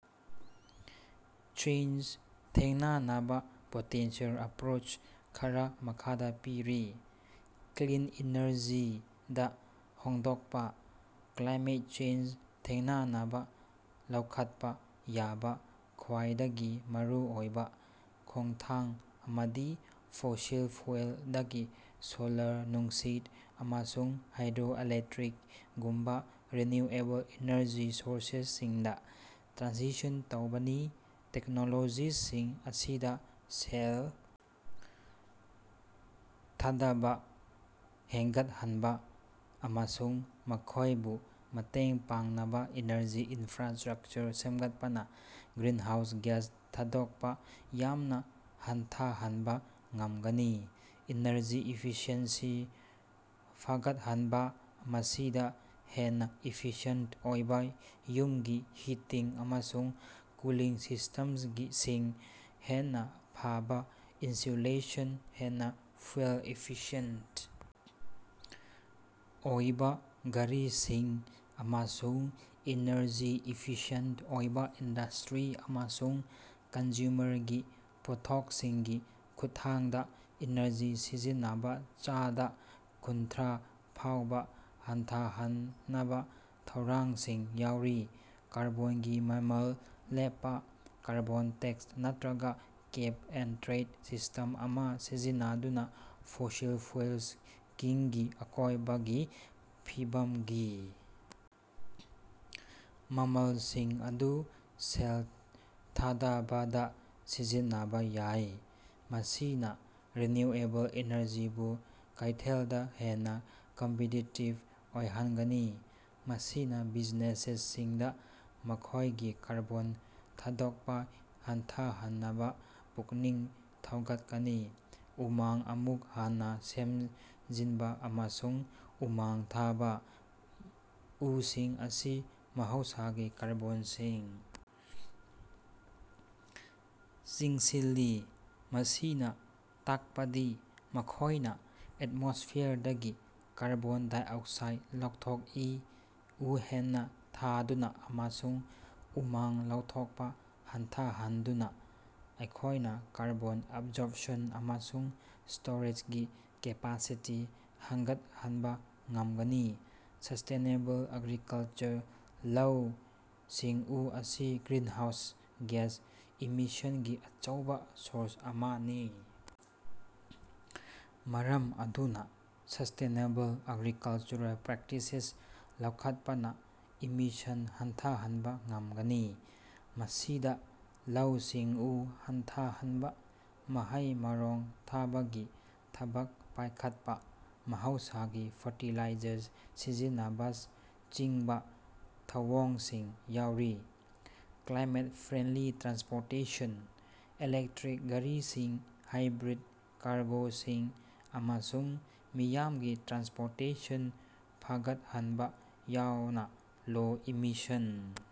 Change ꯊꯦꯡꯅꯅꯕ potential approach ꯈꯔ ꯃꯈꯥꯗ ꯄꯤꯔꯤ:- ꯀ꯭ꯂꯤꯟ ꯏꯅꯔꯖꯤꯗ ꯍꯣꯡꯗꯣꯛꯄ: ꯀ꯭ꯂꯥꯏꯃꯦꯠ ꯆꯦꯟꯖ ꯊꯦꯡꯅꯅꯕ ꯂꯧꯈꯠꯄ ꯌꯥꯕ ꯈ꯭ꯋꯥꯏꯗꯒꯤ ꯃꯔꯨꯑꯣꯏꯕ ꯈꯣꯡꯊꯥꯡ ꯑꯃꯗꯤ ꯐꯣꯁꯤꯜ ꯐꯨꯑꯦꯜꯗꯒꯤ ꯁꯣꯂꯔ, ꯅꯨꯡꯁꯤꯠ, ꯑꯃꯁꯨꯡ ꯍꯥꯏꯗ꯭ꯔꯣ-ꯏꯂꯦꯛꯇ꯭ꯔꯤꯛꯒꯨꯝꯕ ꯔꯤꯅ꯭ꯌꯨꯑꯦꯕꯜ ꯏꯅꯔꯖꯤ ꯁꯣꯔꯁꯁꯤꯡꯗ ꯇ꯭ꯔꯥꯟꯁꯤꯁꯟ ꯇꯧꯕꯅꯤ꯫ ꯇꯦꯛꯅꯣꯂꯣꯖꯤꯁꯤꯡ ꯑꯁꯤꯗ ꯁꯦꯜ ꯊꯥꯗꯕ ꯍꯦꯟꯒꯠꯍꯟꯕ ꯑꯃꯁꯨꯡ ꯃꯈꯣꯏꯕꯨ ꯃꯇꯦꯡ ꯄꯥꯡꯅꯕ ꯏꯅꯔꯖꯤ ꯏꯟꯐ꯭ꯔꯥꯁꯇ꯭ꯔꯛꯆꯔ ꯁꯦꯝꯒꯠꯄꯅ ꯒ꯭ꯔꯤꯟꯍꯥꯎꯁ ꯒ꯭ꯌꯥꯁ ꯊꯥꯗꯣꯛꯄ ꯌꯥꯝꯅ ꯍꯟꯊꯍꯟꯕ ꯉꯝꯒꯅꯤ꯫ ꯏꯅꯔꯖꯤ ꯏꯐꯤꯁꯤꯑꯦꯟꯁꯤ ꯐꯒꯠꯍꯟꯕ: ꯃꯁꯤꯗ ꯍꯦꯟꯅ ꯏꯐꯤꯁꯤꯌꯦꯟꯇ ꯑꯣꯏꯕ ꯌꯨꯝꯒꯤ ꯍꯤꯇꯤꯡ ꯑꯃꯁꯨꯡ ꯀꯨꯂꯤꯡ ꯁꯤꯁꯇꯦꯝꯁꯤꯡ, ꯍꯦꯟꯅ ꯐꯕ ꯏꯟꯁꯨꯂꯦꯁꯟ, ꯍꯦꯟꯅ ꯐꯨꯑꯦꯜ ꯏꯐꯤꯁꯤꯑꯦꯟꯇ ꯑꯣꯏꯕ ꯒꯥꯔꯤꯁꯤꯡ, ꯑꯃꯁꯨꯡ ꯏꯅꯔꯖꯤ ꯏꯐꯤꯁꯤꯌꯦꯟꯇ ꯑꯣꯏꯕ ꯏꯟꯗꯁꯇ꯭ꯔꯤ ꯑꯃꯁꯨꯡ ꯀꯟꯖꯨꯃꯔꯒꯤ ꯄꯣꯠꯊꯣꯛꯁꯤꯡꯒꯤ ꯈꯨꯠꯊꯥꯡꯗ ꯏꯅꯔꯖꯤ ꯁꯤꯖꯤꯟꯅꯕ ꯆꯥꯗ ꯀꯨꯟꯊ꯭ꯔꯥ ꯐꯥꯎꯕ ꯍꯟꯊꯍꯟꯅꯕ ꯊꯧꯔꯥꯡꯁꯤꯡ ꯌꯥꯎꯔꯤ꯫ ꯀꯥꯔꯕꯣꯟꯒꯤ ꯃꯃꯜ ꯂꯦꯞꯄ: ꯀꯥꯔꯕꯣꯟ ꯇꯦꯛꯁ ꯅꯠꯇ꯭ꯔꯒ ꯀꯦꯞ-ꯑꯦꯟꯗ-ꯇ꯭ꯔꯦꯗ ꯁꯤꯁ꯭ꯇꯦꯝ ꯑꯃ ꯁꯤꯖꯤꯟꯅꯗꯨꯅ ꯐꯣꯁꯤꯜ ꯐꯨꯑꯦꯜꯁꯤꯡꯒꯤ ꯑꯀꯣꯏꯕꯒꯤ ꯐꯤꯕꯝꯒꯤ ꯃꯃꯜꯁꯤꯡ ꯑꯗꯨ ꯁꯦꯜ ꯊꯥꯗꯕꯗ ꯁꯤꯖꯤꯟꯅꯕ ꯌꯥꯏ꯫ ꯃꯁꯤꯅ ꯔꯤꯅꯤꯌꯨꯑꯦꯕꯜ ꯏꯅꯔꯖꯤꯕꯨ ꯀꯩꯊꯦꯜꯗ ꯍꯦꯟꯅ ꯀꯝꯄꯤꯇꯤꯇꯤꯚ ꯑꯣꯏꯍꯟꯒꯅꯤ꯫ ꯃꯁꯤꯅ ꯕꯤꯖꯤꯅꯦꯁꯁꯦꯁꯤꯡꯗ ꯃꯈꯣꯏꯒꯤ ꯀꯥꯔꯕꯣꯟ ꯊꯥꯗꯣꯛꯄ ꯍꯟꯊꯍꯟꯅꯕ ꯄꯨꯛꯅꯤꯡ ꯊꯧꯒꯠꯀꯅꯤ꯫ ꯎꯃꯪ ꯑꯃꯨꯛ ꯍꯟꯅ ꯁꯦꯝꯖꯤꯟꯕ ꯑꯃꯁꯨꯡ ꯎꯃꯪ ꯊꯥꯕ: ꯎꯁꯤꯡ ꯑꯁꯤ ꯃꯍꯧꯁꯥꯒꯤ ꯀꯥꯔꯕꯣꯟ ꯁꯤꯡ ꯆꯤꯡꯁꯤꯜꯂꯤ꯫ ꯃꯁꯤꯅ ꯇꯥꯛꯄꯗꯤ ꯃꯈꯣꯏꯅ ꯑꯦꯠꯃꯣꯁꯐꯤꯌꯔꯗꯒꯤ ꯀꯥꯔꯕꯣꯟ -ꯗꯥꯏꯑꯣꯛꯁꯥꯏꯗ ꯂꯧꯊꯣꯛꯏ꯫ ꯎ ꯍꯦꯟꯅ ꯊꯥꯗꯨꯅ ꯑꯃꯁꯨꯡ ꯎꯃꯪ ꯂꯧꯊꯣꯛꯄ ꯍꯟꯊꯍꯟꯗꯨꯅ ꯑꯩꯈꯣꯏꯅ ꯀꯥꯔꯕꯣꯟ ꯑꯦꯕꯖꯣꯔꯞꯁꯟ ꯑꯃꯁꯨꯡ ꯁ꯭ꯇꯣꯔꯦꯖꯒꯤ ꯀꯦꯄꯥꯁꯤꯇꯤ ꯍꯪꯒꯠꯍꯟꯕ ꯉꯝꯒꯅꯤ꯫ ꯁꯁꯇꯦꯅꯦꯕꯜ ꯑꯦꯒ꯭ꯔꯤꯀꯜꯆꯔ: ꯂꯧꯎ-ꯁꯤꯡꯎ ꯑꯁꯤ ꯒ꯭ꯔꯤꯟꯍꯥꯎꯁ ꯒ꯭ꯌꯥꯁ ꯏꯃꯤꯁꯟꯒꯤ ꯑꯆꯧꯕ ꯁꯣꯔꯁ ꯑꯃꯅꯤ꯫ ꯃꯔꯝ ꯑꯗꯨꯅ ꯁꯁꯇꯦꯅꯦꯕꯜ ꯑꯦꯒ꯭ꯔꯤꯀꯜꯆꯔꯦꯜ ꯄ꯭ꯔꯦꯛꯇꯤꯁꯁꯤꯡ ꯂꯧꯈꯠꯄꯅ ꯏꯃꯤꯁꯟ ꯍꯟꯊꯍꯟꯕ ꯉꯝꯒꯅꯤ꯫ ꯃꯁꯤꯗ ꯂꯧꯎ-ꯁꯤꯡꯎ ꯍꯟꯊꯍꯟꯕ, ꯃꯍꯩ-ꯃꯔꯣꯡ ꯊꯥꯕꯒꯤ ꯊꯕꯛ ꯄꯥꯏꯈꯠꯄ, ꯃꯍꯧꯁꯥꯒꯤ ꯐꯔꯇꯤꯂꯥꯏꯖꯔ ꯁꯤꯖꯤꯟꯅꯕꯅꯆꯤꯡꯕ ꯊꯧꯑꯣꯡꯁꯤꯡ ꯌꯥꯎꯔꯤ꯫ ꯀ꯭ꯂꯥꯏꯃꯦꯠ-ꯐ꯭ꯔꯦꯟꯗ꯭ꯂꯤ ꯇ꯭ꯔꯥꯟꯁꯄꯣꯔꯇꯦꯁꯟ: ꯏꯂꯦꯛꯇ꯭ꯔꯤꯛ ꯒꯥꯔꯤꯁꯤꯡ, ꯍꯥꯏꯕ꯭ꯔꯤꯗ ꯀꯥꯔꯒꯣꯁꯤꯡ, ꯑꯃꯁꯨꯡ ꯃꯤꯌꯥꯝꯒꯤ ꯇ꯭ꯔꯥꯟꯁꯄꯣꯔꯇꯦꯁꯟ ꯐꯒꯠꯍꯟꯕ ꯌꯥꯎꯅ ꯂꯣ-ꯏꯃꯤꯁꯟ